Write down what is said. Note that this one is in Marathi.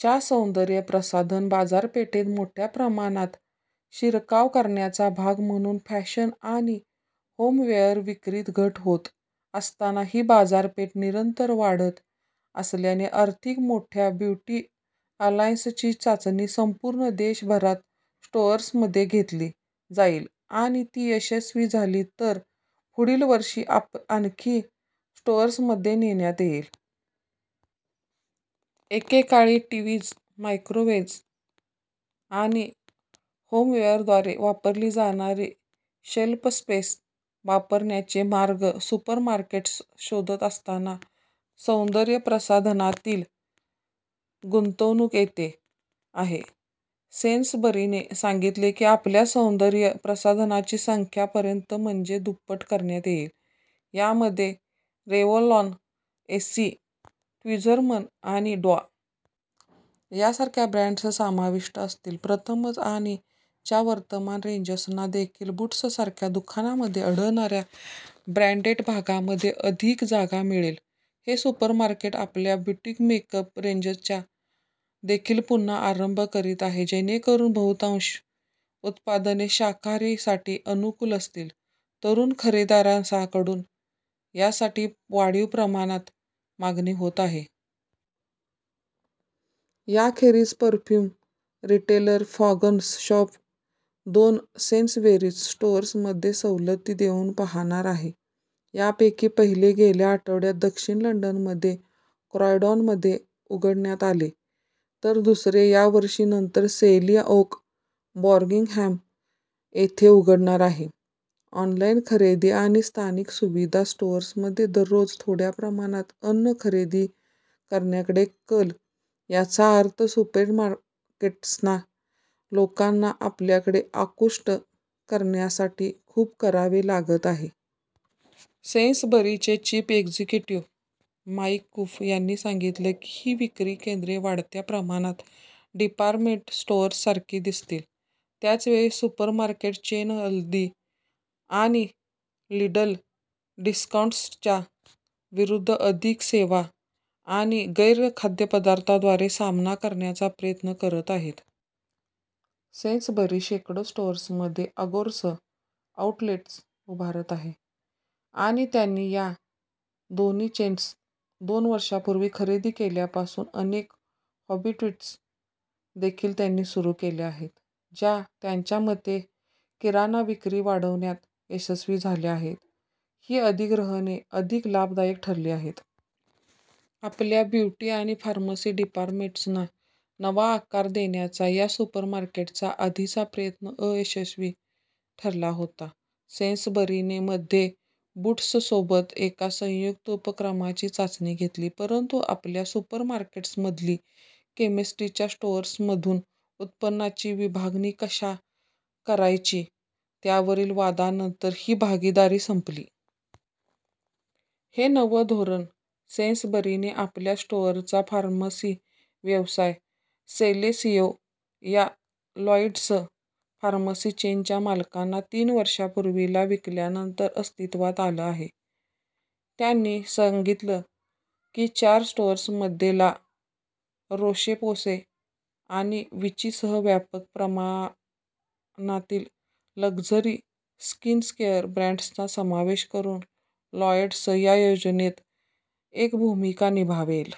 च्या. सौंदर्य प्रसाधन बाजारपेठेत मोठ्या प्रमाणात शिरकाव करण्याचा भाग म्हणून, फॅशन आणि होमवेअर विक्रीत घट होत असताना ही बाजारपेठ निरंतर वाढत असल्याने, अधिक मोठ्या ब्युटी आयल्सची चाचणी संपूर्ण देशभरात स्टोअर्समध्ये घेतली जाईल आणि ती यशस्वी झाली तर पुढील वर्षी आणखी स्टोअर्समध्ये नेण्यात येईल. एकेकाळी टीवीज, मायक्रोवेव्ज आणि होमवेअरद्वारे वापरली जाणारी शेल्फ स्पेस वापरण्याचे मार्ग सुपरमार्केट्स शोधत असताना सौंदर्य प्रसाधनातील गुंतवणूक येते आहे. सेन्सबरीने सांगितलं की आपल्या सौंदर्य प्रसाधनांची संख्या पर्यंत म्हणजे दुप्पट करण्यात येईल, यामध्ये रेवलॉन, एस्सी, ट्विझरमन आणि डॉ. यासारखे ब्रँड्स समाविष्ट असतील. प्रथमच. ', आणि ' च्या वर्तमान रेंजेसना देखील बूट्ससारख्या दुकानांमध्ये आढळणाऱ्या ब्रँडेड भागांमध्ये अधिक जागा मिळेल. हे सुपरमार्केट आपल्या ब्युटिक मेकअप रेंजचा देखील पुन्हा आरंभ करीत आहे जेणेकरुन बहुतांश उत्पादने शाकाहारींसाठी अनुकूल असतील – तरुण खरेदीदारांकडून यासाठी वाढीव प्रमाणात मागणी होते आहे. याखेरीज, परफ्युम रिटेलर फ्रॅग्रन्स शॉप दोन सेन्सबरीज स्टोअर्समध्ये सवलती देऊन पाहणार आहे, यापैकी पहिले गेल्या आठवड्यात, दक्षिण लंडनमध्ये क्रॉयडॉनमध्ये उघडण्यात आले, तर दुसरे यावर्षी नंतर, सेली ओक, बर्मिंगहॅम इथे उघडणार आहे. ऑनलाईन खरेदी आणि स्थानिक सुविधा स्टोअर्समध्ये दररोज थोड्या प्रमाणात अन्न खरेदी करण्याकडे कल याचा अर्थ सुपरमार्केट्सना लोकांना आपल्याकडे आकृष्ट करण्यासाठी खूप करावे लागत आहे. सेन्सबरीचे चिफ एक्झिक्युटीव, माईक कुप, यांनी सांगितलं की ही विक्री केंद्रे वाढत्या प्रमाणात डिपार्टमेंट स्टोअर्ससारखी दिसतील त्याचवेळी सुपरमार्केट चेन अल्दी आणि लिडल डिस्काऊंटर्सच्या विरुद्ध अधिक सेवा आणि गैर-खाद्यपदार्थांद्वारे सामना करण्याचा प्रयत्न करत आहेत. सेन्सबरी शेकडो स्टोअर्समध्ये अर्गोस आउटलेट्स उभारत आहे आणि त्यांनी या दोन्ही चेन्स दोन वर्षांपूर्वी खरेदी केल्यापासून अनेक हॅबीटॅट्स देखील त्यांनी सुरु केल्या आहेत, ज्या त्यांच्या मते किराणा विक्री वाढविण्यात यशस्वी झाल्या आहेत ही अधिग्रहणे अधिक लाभदायक ठरली आहेत. आपल्या ब्युटी आणि फार्मसी डिपार्टमेंट्सना नवा आकार देण्याचा या सुपरमार्केटचा आधीचा प्रयत्न अयशस्वी ठरला होता. सेन्सबरीने मध्ये बूट्ससोबत एका संयुक्त उपक्रमाची चाचणी घेतली, परंतु आपल्या सुपरमार्केट्समधील केमिस्टच्या स्टोअर्समधून उत्पन्नाची विभागणी कशा करायची त्यावरील वादानंतर ही भागीदारीसंपली. हे नवं धोरण सेन्सबरीने आपला -स्टोअरचा फार्मसी व्यवसाय सेलेसियो, या लॉईड्स फार्मसी चेनच्या मालकांना, तीन वर्षांपूर्वी ला विकल्यानंतर अस्तित्वात आलं आहे. त्यांनी सांगितलं की चार स्टोअर्समध्ये ला रोशे-पोसे आणि विचीसह व्यापक प्रमाणातील लक्झरी स्किनकेअर ब्रँड्सचा समावेश करुन लॉईड्स या योजनेत एक भूमिका निभावेल.